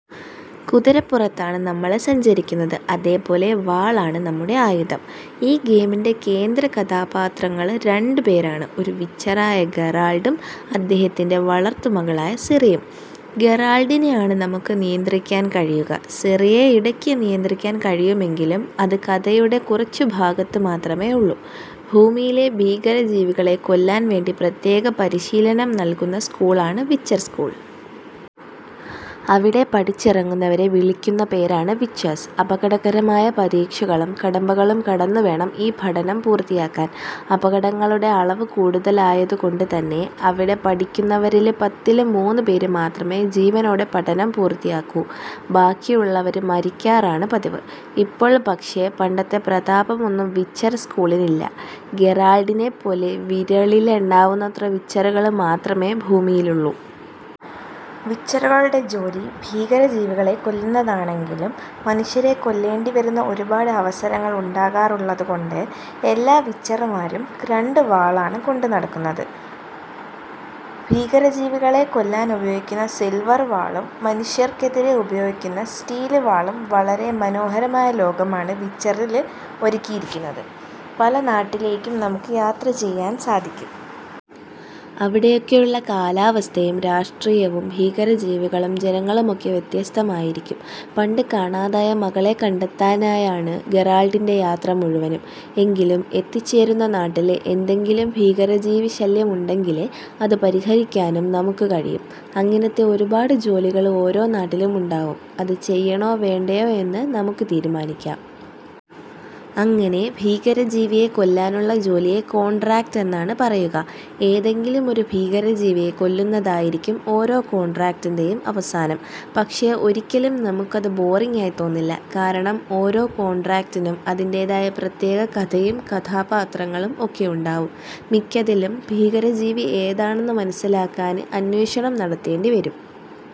കുതിരപ്പുറത്താണ് നമ്മള് സഞ്ചരിക്കുന്നത്, അതേ പോലെ വാളാണ് നമ്മുടെ ആയുധം. ഈ ഗെയിമിന്റെ കേന്ദ്രകഥാപാത്രങ്ങള് രണ്ടുപേരാണ്ഒരു വിച്ചറായ ഗെറാള്ഡും, അദ്ദേഹത്തിന്റെ വളര്ത്തു മകളായ സിറിയും. ഗെറാള്ഡിനെ ആണ് നമുക്ക് നിയന്ത്രിക്കാന് കഴിയുക, സിറിയെ ഇടക്ക് നിയന്ത്രിക്കാന് കഴിയുമെങ്കിലും അത് കഥയുടെ കുറച്ചു ഭാഗത്തു മാത്രമേ ഉള്ളൂ. ഭൂമിയിലെ ഭീകരജീവികളെ കൊല്ലാന് വേണ്ടി പ്രത്യേക പരിശീലനം നല്കുന്ന സ്കൂള് ആണ് 'വിച്ചര് സ്കൂള്'. അവിടെ പഠിച്ചിറങ്ങുന്നവരെ വിളിക്കുന്ന പേരാണ് 'വിച്ചേഴ്സ്'. അപകടകരമായ പരീക്ഷകളും കടമ്പകളും കടന്നു വേണം ഈ പഠനം പൂര്ത്തിയാക്കാന്. അപകടങ്ങളുടെ അളവ് കൂടുതല് ആയത് കൊണ്ട് തന്നെ അവിടെ പഠിക്കുന്നവരില് പത്തില് മൂന്നു പേര് മാത്രമേ ജീവനോടെ പഠനം പൂര്ത്തിയാക്കൂ. ബാക്കിയുള്ളവര് മരിക്കാറാണ് പതിവ്. ഇപ്പൊള് പക്ഷേ പണ്ടത്തെ പ്രതാപമൊന്നും വിച്ചര് സ്കൂളിനില്ല, ഗെറാള്ഡിനേപ്പോലെ വിരളില് എണ്ണാവുന്നത്ര വിച്ചറുകള് മാത്രമേ ഭൂമിയിലുള്ളു. വിച്ചറുകളുടെ ജോലി ഭീകരജീവികളെ കൊല്ലുന്നത് ആണെങ്കിലും മനുഷ്യരെ കൊല്ലേണ്ടി വരുന്ന ഒരുപാട് അവസരങ്ങള് ഉണ്ടാകാറുള്ളതുകൊണ്ട് എല്ലാ വിച്ചര്മാരും രണ്ടുവാളാണ് കൊണ്ടുനടക്കുന്നത്ഭീകര ജീവികളെ കൊല്ലാന് ഉപയോഗിക്കുന്ന സില്വര് വാളും, മനുഷ്യര്ക്കെതിരെ ഉപയോഗിക്കുന്ന സ്റ്റീല് വാളും. വളരെ മനോഹരമായ ലോകമാണ് വിച്ചറില് ഒരുക്കിയിരിക്കുന്നത്. പല നാട്ടിലേക്കും നമുക്ക് യാത്ര ചെയ്യാന് സാധിക്കും. അവിടെയൊക്കെയുളള കാലാവസ്ഥയും രാഷ്ട്രീയവും ഭീകരജീവികളും ജനങ്ങളുമൊക്കെ വ്യത്യസ്തം ആയിരിക്കും. പണ്ട് കാണാതായ മകളെ കണ്ടെത്താനായാണ് ഗെറാള്ഡിന്റെ യാത്ര മുഴുവനും. എങ്കിലും എത്തിചേരുന്ന നാട്ടില് എന്തെങ്കിലും ഭീകരജീവി ശല്യം ഉണ്ടെങ്കില് അത് പരിഹരിക്കാനും നമുക്ക് കഴിയും. അങ്ങിനത്തെ ഒരുപാട് ജോലികള് ഓരോ നാട്ടിലും ഉണ്ടാവും. അത് ചെയ്യണോ വേണ്ടയോ എന്ന് നമുക്ക് തീരുമാനിക്കാം. അങ്ങനെ ഭീകരജീവിയെ കൊല്ലാനുള്ള ജോലിയെ കോണ്ഡ്രാക്റ്റ് എന്നാണ് പറയുക. ഏതെങ്കിലും ഒരു ഭീകരജീവിയെ കൊല്ലുന്നതായിരിക്കും ഓരോ കോണ്ഡ്രാക്റ്റിന്റേയും അവസാനം. പക്ഷെ ഒരിക്കലും നമുക്ക് അത് ബോറിംഗ് ആയി തോന്നില്ല. കാരണം ഓരോ കോണ്ഡ്രാക്റ്റിനും അതിന്റേതായ പ്രത്യേക കഥയും കഥാപാത്രങ്ങളും ഒക്കെയുണ്ടാവും. മിക്കതിലും ഭീകരജീവി ഏതാണെന്നു മനസിലാക്കാന് അന്വേഷണം നടത്തേണ്ടി വരും.